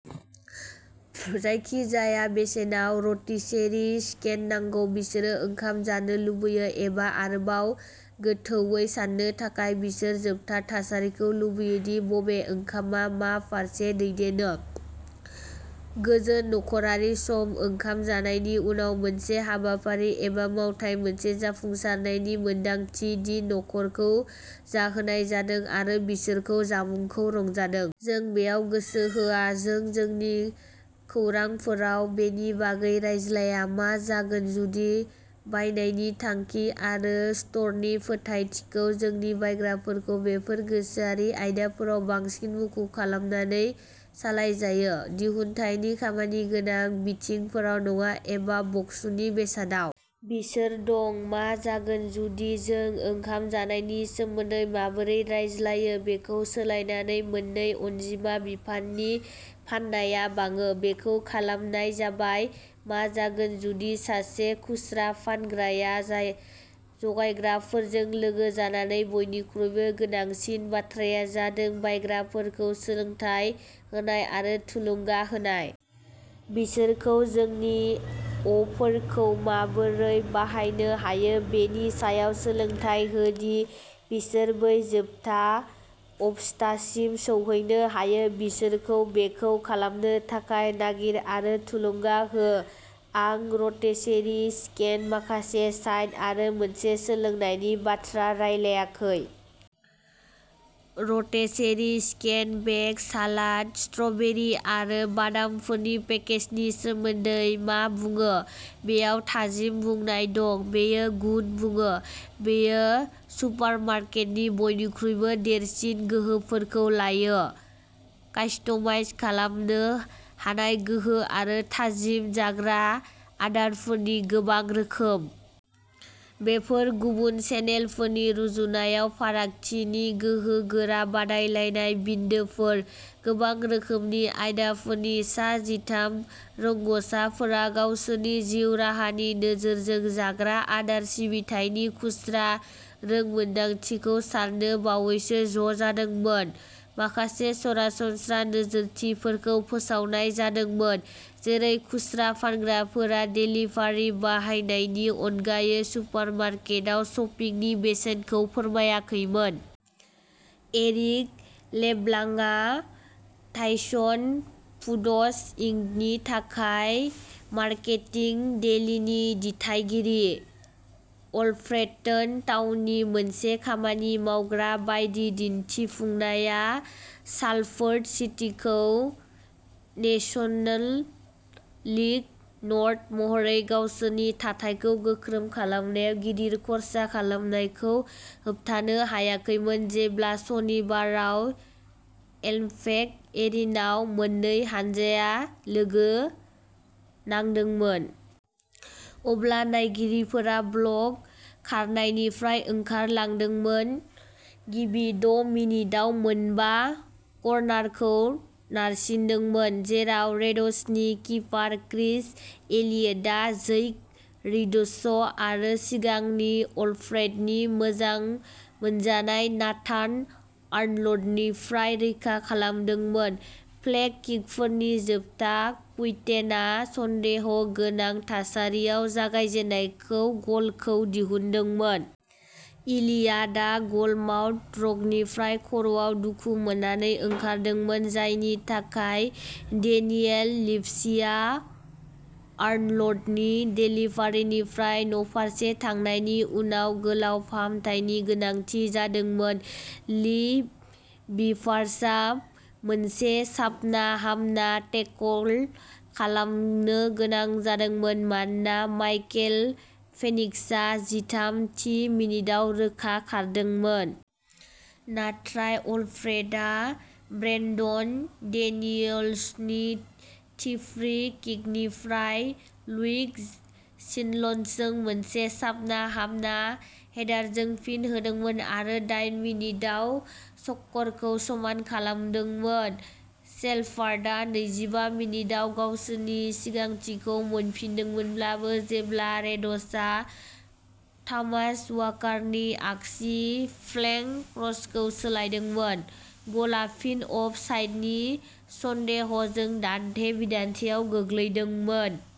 जायखिजाया बेसेनाव rotisserie chicken नांगौ। बिसोर ओंखाम जानो लुबैयो एबा आरोबाव गोथौवै साननो थाखाय बिसोर जोबथा थासारिखौ लुबैयो दि बबे ओंखामआ मा फारसे दैदेनो। गोजोन नखरारि सम ओंखाम जानायनि उनाव मोनसे हाबाफारि एबा मावथाय मोनसे जाफुंसारनायनि मोनदांथि दि न'खरखौ जाहोनाय जादों आरो बिसोरखौ जामुंखौ रंजादों। जों बेयाव गोसो होआ। जों जोंनि खौरांफोराव बेनि बागै रायज्लाया। मा जागोन जुदि बायनायनि थांखि आरो स्ट'रनि फोथायथिखौ जोंनि बायग्राफोरखौ बेफोर गोसोआरि आयदाफोराव बांसिन मुखुब खालामनानै सालायजायो। दिहुनथायनि खामानिगोनां बिथिंफोराव नङा एबा बक्सनि बेसादआव? बिसोर दं। मा जागोन जुदि जों ओंखाम जानायनि सोमोन्दै माबोरै रायज्लायो बेखौ सोलायनानै मोननै अनजिमा बिफाननि फाननाया बाङो? बेखौ खालामनाय जाबाय। मा जागोन जुदि सासे खुस्रा फानग्राया जाय जगायग्राफोरजों लोगो जानानै बयनिख्रुइबो गोनांसिन बाथ्राया जादों बायग्राफोरखौ सोलोंथाय होनाय आरो थुलुंगा होनाय? बिसोरखौ जोंनि अफोरखौ माबोरै बाहायनो हायो बेनि सायाव सोलोंथाय हो दि बिसोर बै जोबथा अबस्थासिम सौहैनो हायो। बिसोरखौ बेखौ खालामनो थाखाय नागिर आरो थुलुंगा हो। आं रटिसेरि चिकेन माखासे साइड आरो मोनसे लोंनायनि बाथ्रा रायलायाखै। Rotisserie chicken, bag salad, strawberry आरो बादामफोरनि पेकेजनि सोमोन्दै मा बुङो? बेयाव थाजिम बुंनाय दं। बेयो गुन बुङो। बेयो सुपारमार्केटनि बयनिख्रुइबो देरसिन गोहोफोरखौ लायो। कास्टमाइज खालामनो हानाय गोहो आरो थाजिम जाग्रा आदारफोरनि गोबां रोखोम। बेफोर गुबुन चेनेलफोरनि रुजुनायाव फारागथिनि गोहोगोरा बादायलायनाय बिन्दोफोर। गोबां रोखोमनि आयदाफोरनि सा जिथाम रोंग'साफोरा गावसोरनि जिउ राहानि नोजोरजों जाग्रा आदार सिबिथायनि खुस्रा रोंमोनदांथिखौ सान्नो बावैसो ज'जादोंमोन। माखासे सरासनस्रा नोजोरथिफोरखौ फोसावनाय जादोंमोन। जेरै खुस्रा फानग्राफोरा डेलिभारि बाहायनायनि अनगायै सुपारमार्केटआव शपिंनि बेसेनखौ फोरमायाखैमोन। एरिक लेब्लांकआ टाइसन फुड्स इंकनि थाखाय मार्केटिं डेलीनि दिथागिरि। अल्फ्रेटन टाउननि मोनसे खामानि मावग्रा बायदि दिन्थिफुंनाया सालफोर्ड सिटीखौ नेशनल लीग नर्थ महरै गावसोरनि थाथायखौ गोख्रों खालामनायाव गिदिर खर्सा खालामनायखौ होबथानो हायाखैमोन। जेब्ला सनिबाराव एलम्पेक्ट एरिनाआव मोननै हानजाया लोगो नांदोंमोन। अब्ला नायगिरिफोरा ब्लक खारनायनिफ्राय ओंखारलांदोंमोन। गिबि द' मिनिटआव मोनबा कर्नारखौ नारसिनदोंमोन। जेराव रेड्सनि किपार क्रिस इलियटआ जैक रेडश' आरो सिगांनि अल्फ्रेटननि मोजां मोनजानाय नाथान आर्नल्डनिफ्राय रैखा खालामदोंमोन। फ्लेग किकफोरनि जोबथा कुइन्टेटआ सन्देहगोनां थासारियाव जागायजेननाय गलखौ दिहुनदोंमोन। इलियटआ गलमाउथ रकनिफ्राय खर'आव दुखु मोननानै ओंखारदोंमोन। जायनि थाखाय डेनियेल लिभसीआ आर्नल्डनि डेलिभारीनिफ्राय न'फारसे थांनायनि उनाव गोलाव फाहामथायनि गोनांथि जादोंमोन। ली बिभार्सआ मोनसे साबना-हामना टेकल खालामनो गोनां जादोंमोन मानोना माइकल फेनिक्सआ जिथाम थि मिनिटआव रोखा खारदोंमोन। नाथ्राय अल्फ्रेटनआ ब्रेनडन डेनियल्सनि थि फ्री किकनिफ्राय ल्यूक शिन्लसजों मोनसे साबना हामना हेडारजों फिन होदोंमोन आरो दाइन मिनिट उनाव सक्करखौ समान खालामदोंमोन। सेलफार्डआ नैजिबा मिनिटआव गावसोरनि सिगांथिखौ मोनफिनदोंमोनब्लाबो जेब्ला रेडश'आ थमास वाकारनि आगसि फ्लेंक क्रसखौ सोलायदोंमोन। गलआ फिन अफ साइडनि सन्देहजों दान्थे-बिदान्थेयाव गोग्लैदोंमोन।